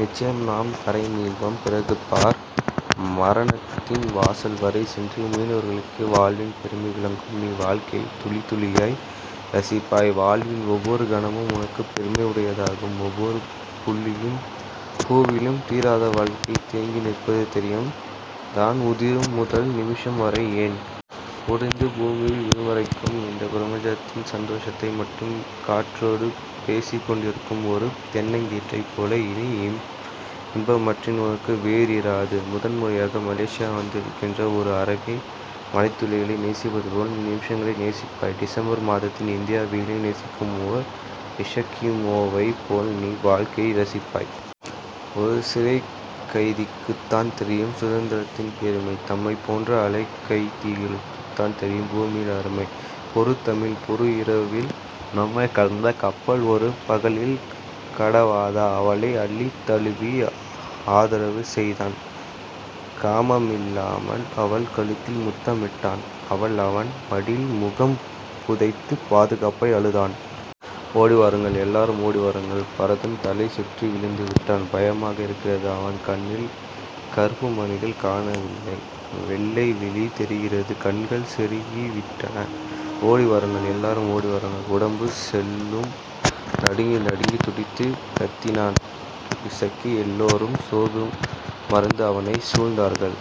நிச்சயம் நாம் கரைமீள்வோம். பிறகு பார். மரணத்தின் வாசல்வரை சென்று மீண்டவர்களுக்கே வாழ்வின் பெருமை விளங்கும். நீ வாழ்க்கையைத் துளித்துளியாய் ரசிப்பாய். வாழ்வின் ஒவ்வொரு கணமும் உனக்குப் பெருமை உடையதாகும். ஒவ்வொரு புல்லிலும் பூவிலும் தீராத வாழ்க்கை தேங்கி நிற்பது தெரியும். தான் உதிரும் முதல் நிமிஷம் வரைக்கும் ஏன்... உதிர்ந்து பூமியில் விழும்வரைக்கும், இந்தப் பிரபஞ்சத்தின் சந்தோஷத்தை மட்டுமே காற்றோடு பேசிக்கொண்டிருக்கும் ஒரு தென்னங்கீற்றைப் போல இனி இன்பமன்றி உனக்கு வேறு இராது. முதன்முதலாக மலேசியா வந்திறங்கிய ஓர் அரபி, மழைத்துளிகளை நேசிப்பது போல் நீ நிமிஷங்களை நேசிப்பாய். டிசம்பர் மாதத்தின் இந்திய வெயிலை நேசிக்கும் ஓர் எஸகிமோவைப் போல் நீ வாழ்க்கையை ரசிப்பாய். ஒரு சிறைக்கைதிக்குத்தான் தெரியும் சுதந்திரத்தின் பெருமை. நம்மைப் போன்ற அலைக்கைதிகளுக்குத்தான் தெரியும் பூமியின் அருமை. பொறு தமிழ். பொறு... இரவில் நம்மைக் கடந்த கப்பல், ஒரு பகலில் கடவாதா? அவளை அள்ளித் தழுவி ஆதரவு செய்தான். காமமில்லாமல் அவள் கழுத்தில் முத்தமிட்டான். அவள், அவன் மடியில் முகம் புதைத்துப் பாதுகாப்பாய் அழுதாள். ஓடிவாருங்கள்... எல்லாரும் ஓடிவாருங்கள். பரதன் தலை சுற்றி விழுந்துவிட்டான். பயமாக இருக்கிறது. அவன் கண்ணில் கருப்புமணிகள் காணவில்லை. வெள்ளைவிழி தெரிகிறது. கண்கள் செருகிவிட்டன. ஓடிவாருங்கள்... எல்லாரும் ஓடிவாருங்கள்... உடம்பும் சொல்லும் நடுங்க நடுங்கத் துடித்துக் கத்தினான் இசக்கி. எல்லோரும் சோர்வு மறந்து அவனைச் சூழ்ந்தார்கள்.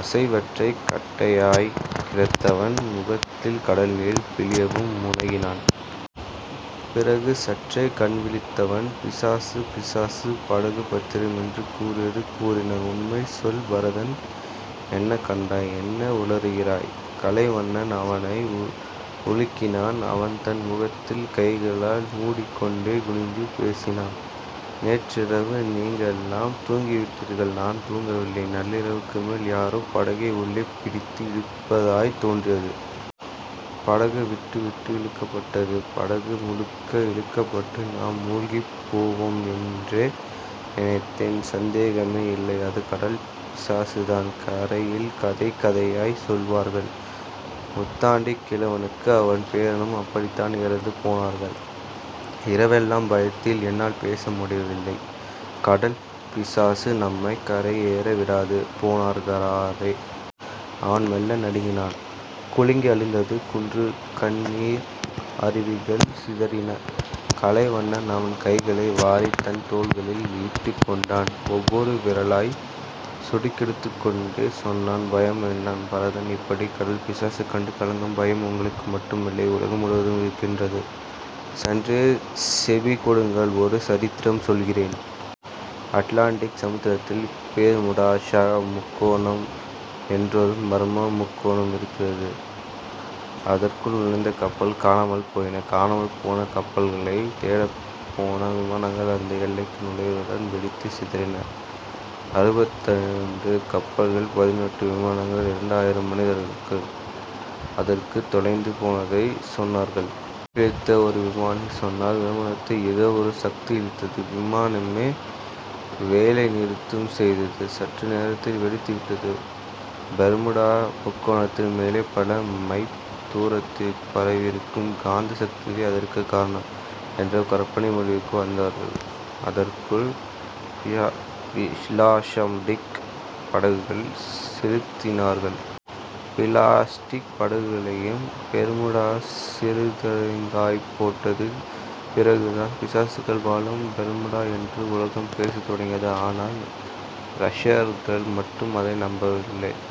அசைவற்ற கட்டையாய்க் கிடந்தவன் முகத்தில், கடல்நீர் பிழியவும் முனகினான். பிறகு சற்றே கண்விழித்தவன் பிசாசு, பிசாசு. படகு பத்திரம். என்று கூறியது கூறினான். உண்மை சொல் பரதன், என்ன கண்டாய்? என்ன உளறுகிறாய்? கலைவண்ணன் அவனை உலுக்கினான். அவன் தன் முகத்தைக் கைகளால் முடிக்கொண்டே குனிந்து பேசினான். நேற்றிரவு நீங்களெல்லாம் தூங்கிவிட்டீர்கள். நான் தூங்கவில்லை. நள்ளிரவுக்குமேல் யாரோ படகை உள்ளே பிடித்து இழுப்பதாய்த் தோன்றியது. படகு விட்டுவிட்டு இழுக்கப்பட்டது. படகு முழுக்க இழுக்கப்பட்டு நாம் முழ்கிப் போவோம் என்றே நினைத்தேன். சந்தேகமே இல்லை அது கடல் பிசாசுதான். கரையில் கதை கதையாய்ச் சொல்வார்கள். முத்தாண்டிக் கிழவனும் அவன் பேரனும் அப்படித்தான் இறந்து போனார்கள். இரவெல்லாம் பயத்தில் என்னால் பேச முடியவில்லை. கடல் பிசாசு நம்மைக் கரையேற விடாது பேனாக்காரரே. அவன் மெல்ல நடுங்கினான். குலுங்கி அழுதது குன்று. கண்ணீர் அருவிகள் சிதறின. கலைவண்ணன், அவன் கைகளை வாரித் தன் தோள்களில் இட்டுக்கொண்டான். ஒவ்வொரு விரலாய்ச் சொடுக்கெடுத்துக்கொண்டே சொன்னான். பயம் வேண்டாம் பரதன். இப்படிக் கடல் பிசாசு கண்டு கலங்கும் பயம் உங்களுக்குமட்டுமல்ல, உலகம் முழுவதுமிருக்கிறது. சற்றே செவி கொடுங்கள், ஒரு சரித்திரம் சொல்கிறேன். அட்லாண்டிக் சமுத்திரத்தில் பெர்முடாஸ முக்கோணம் என்றொரு மர்ம முக்கோணம் இருக்கிறது. அதற்குள் நுழைந்த கப்பல்கள் காணாமல் போயின. காணாமல் போன கப்பல்களைத் தேடப்போன விமானங்கள், அந்த எல்லைக்குள் நுழைந்தவுடன் வெடித்துச் சிதறின. அறுபத்திரண்டு கப்பல்களும் பதினெட்டு விமானங்களும் இரண்டாயிரம் மனிதர்களும் அதற்குள் தொலைந்து போனதாய்ச் சொன்னார்கள். தப்பிப் பிழைத்த ஒரு விமானி சொன்னார். விமானத்தை ஏதோ ஒரு சக்தி இழுத்தது. விமானமே வேலைநிறுத்தம் செய்தது. சற்று நேரத்தில் வெடித்துவிட்டது... பெர்முடாஸ முக்கோணத்துக்கு மேலே பல மைல் தூரத்துக்குப் பரவியிருக்கும் காந்த சக்திதான் அதற்குக் காரணம் என்ற ஒரு கற்பனை முடிவுக்கு வந்தவர்கள், அதற்குள் பிளாஸடிக் படகுகளைச் செலுத்தினார்கள். பிளாஸடிக் படகுகளையும் பெர்முடாஸ சிதறுதேங்காய் போட்டது. பிறகுதான் பிசாசுகள் வாழும் பெர்முடாஸ என்று உலகம் பேசத் தொடங்கியது. ஆனால், ரஷயர்கள் மட்டும் அதை நம்பவில்லை. ல்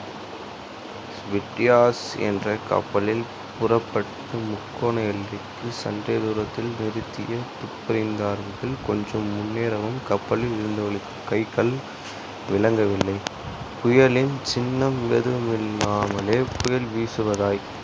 விட்யாஸ என்ற கப்பலில் புறப்பட்டு, முக்கோண எல்லைக்குச் சற்றே தூரத்தில் நிறுத்தித் துப்பறிந்தார்கள். கொஞ்சம் முன்னேறவும், கப்பலில் இருந்தவர்களுக்குக் கை கால் விளங்கவில்லை. புயலின் சின்னம் எதுவுமில்லாமலே, புயல் வீசுவதாய்க்